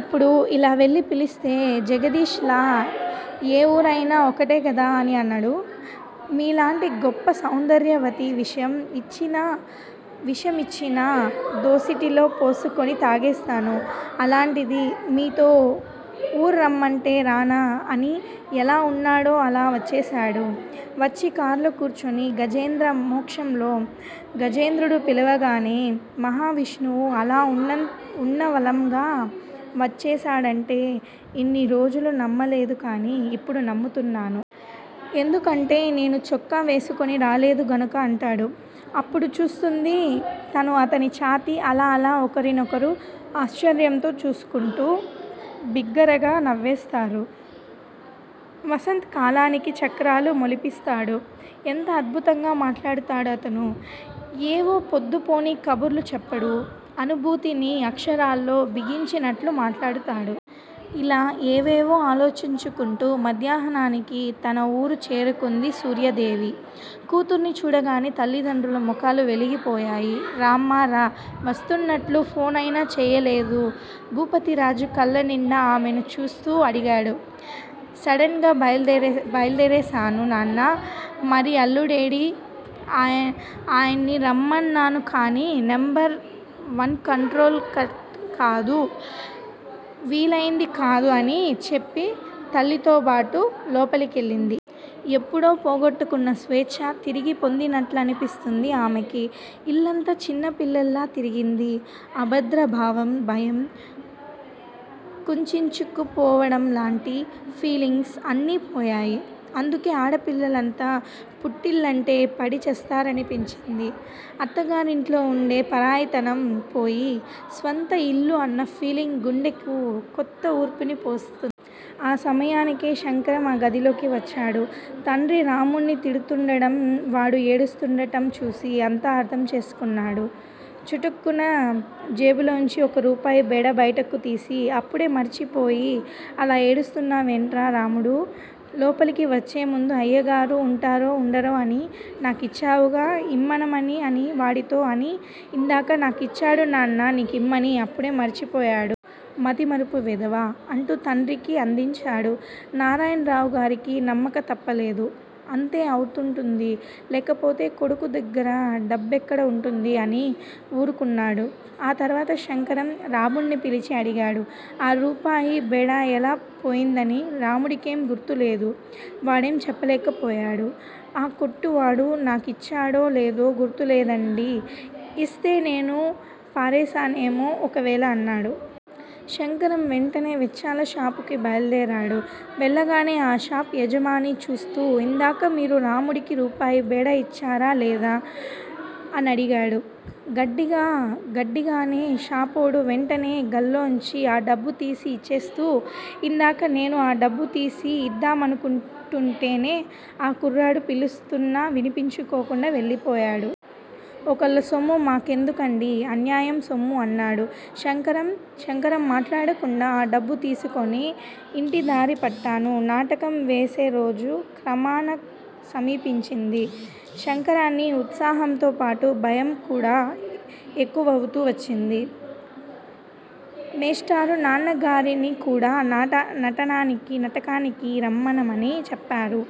ఇప్పుడు ఇలా వెళ్ళి పిలిస్తే జగదీష్ లా ఏ ఊరయినా ఒక్కటే గదా అని అనడు. మీలాంటి గొప్ప సౌందర్యవతి విషం యిచ్చినా దోసిటిలో పోసుకొని తాగేస్తాను. అలాంటిది మీతో ఊరు రమ్మంటే రానా అని ఎలా వున్నాడో అలా వచ్చేశాడు. వచ్చి కార్లో కూర్చుని గజేంద్ర మోక్షంలో గజేంద్రుడు పిలవగానే మహావిష్ణువు అలా ఉన్నవళంగా వచ్చేశాడంటే ఇన్ని రోజులూ నమ్మలేదు కానీ ఇప్పుడు నమ్ముతున్నాను. ఎందుకంటే నేనూ చొక్కా వేసుకొని రాలేదు గనుక అంటాడు. అప్పుడు చూస్తుంది తను అతని ఛాతీ అలా అలా ఒకరినొకరు ఆశ్చర్యంతో చూసుకుంటూ, బిగ్గరగా నవ్వేస్తారు. వసంత్ కాలానికి చక్రాలు మొలిపిస్తాడు. ఎంత అద్భుతంగా మాట్లాడతాడు అతను. ఏవో పొద్దుపోని కబుర్లు చెప్పడు. అనుభూతిని అక్షరాల్లో బిగించినట్లు మాట్లాడతాడు. ఇలా ఏవేవో ఆలోచించుకుంటూ మధ్యాహ్నానికి తన వూరు చేరుకుంది సూర్యాదేవి. కూతుర్ని చూడగానే తల్లిదండ్రుల ముఖాలు వెలిగిపోయాయి. రామ్మా! రా! వస్తున్నట్లు ఫోనైనా చేయలేదు భూపతిరాజు కళ్ళనిండా ఆమెను చూస్తూ అడిగాడు. సడన్ గా బయల్దేరేశాను నాన్నా మరి అల్లుడేడీ? ఆయన్ని రమ్మన్నాను కానీ నెంబర్ వన్ కంట్రోల్కట్ కాదు- వీలయింది కాదు అని చెప్పి తల్లితోబాటు లోపలకెళ్ళింది. ఎప్పుడో పోగొట్టుకున్న స్వేచ్చ తిరిగి పొందినట్లనిపిస్తుంది ఆమెకి. ఇల్లంతా చిన్నపిల్లలా తిరిగింది. అభద్రా భావం, భయం, కుంచించుకుపోవడంలాంటి ఫీలింగ్స్ అన్నీ పోయాయి. అందుకే ఆడపిల్లలంతా పుట్టిళ్ళంటే పడి చస్తారనిపించింది. అత్తగారింట్లో వుండే పరాయితనం పోయి స్వంత ఇల్లు అన్న ఫీలింగ్ గుండెకు కొత్త ఊపిర పోస్తు. ఆ సమయానికే శంకరం ఆ గదిలోకి వచ్చాడు. తండ్రి రాముణ్ణి తిడుతూండటం, వాడు ఏడుస్తూండటం చూసి అంతా అర్ధంచేసుకున్నాడు. చుటుక్కున జేబులోంచి ఒక రూపాయి బేడా బయటకు తీసి అప్పుడే మరిచిపోయి అలా ఏడుస్తునావేట్రా రాముడూ! లోపలికి వచ్చేముందు అయ్యగారు వుంటారో వుండరో అని నాకిచ్చావుగా ఇమ్మనమని అని వాడితో అని ఇందాక నాకిచ్చాడు నాన్నా నీకిమ్మని, అప్పుడే మరిచిపోయాడు. మతిమరుపు వెధవ! అంటూ తండ్రికి అందిచ్చాడు. నారాయణరావుగారికి నమ్మక తప్పలేదు. అంతే అవుతుంటుంది లేకపోతే కొడుకుదగ్గర డబ్బెక్కడ వుంటుంది? అని వూరుకున్నాడు. ఆ తర్వాత శంకరం, రాముడ్ని పిలిచి అడిగాడు ఆ రూపాయి బేడా ఎలా పోయిందని రాముడికేం గుర్తులేదు. వాడేం చెప్పలేకపోయాడు. ఆ కొట్టువాడు నాకిచ్చాడో లేదో గుర్తులేదండి ఇస్తే నేను పారేశానేమో ఒకవేళ అన్నాడు. శంకరం వెంటనే వెచ్చాలషాపుకి బయల్దేరాడు. వెళ్ళగానే ఆ షాపు యజమాన్ని చూస్తూ ఇందాక మీరు రాముడికి రూపాయి బేడా యిచ్చారా లేదా? అనడిగాడు గడ్డిగానే షాపోడు వెంటనే గల్లాలోంచి ఆ డబ్బుతీసి యిచ్చేస్తూ, ఇందాక నేను ఆ డబ్బు తీసి యిద్దామనుకుంటుంటేనే ఆ కుర్రాడు పిలుస్తున్నా వినిపించుకోకుండా వెళ్ళిపోయాడు. ఒకళ్ళ సొమ్ము మా కెందుకండీ? అన్యాయం సొమ్ము అన్నాడు. శంకరం మాట్లాడకుండా ఆ డబ్బు తీసుకొని యింటిదారి పెట్టాను. నాటకం వేసేరోజు క్రమణా సమీపించింది. శంకరానికి ఉత్సాహంతో పాటు భయంకూడా ఎక్కువవుతూ వచ్చింది. మేష్టారు నాన్నగారిని కూడా నాటకానికి రమ్మనమని చెప్పారు.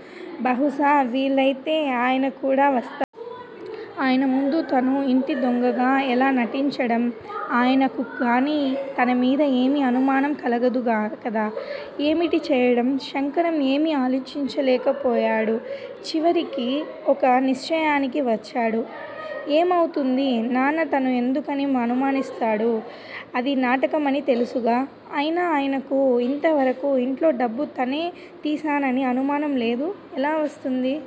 బహుశా వీలైతే ఆయనకూడా వస్తాడు. ఆయన ముందు తను ఇంటిదొంగగా ఎలా నటించడం? ఆయనకుగాని తనమీద ఏమీ అనుమానం కలగదు కదా! ఏమిటి చెయ్యడం? శంకరం ఏమీ ఆలోచించలేకపోయాడు. చివరికి ఒక నిశ్చయానికి వచ్చాడు. ఏమవుతుంది? నాన్న తను ఎందుకని అనుమానిస్తాడు? అది నాటకమని తెలుసుగా? అయినా ఆయనకు యింతవరకూ యింట్లో డబ్బు తనే తీశానని అనుమానం లేదు. ఎలా వస్తుంది?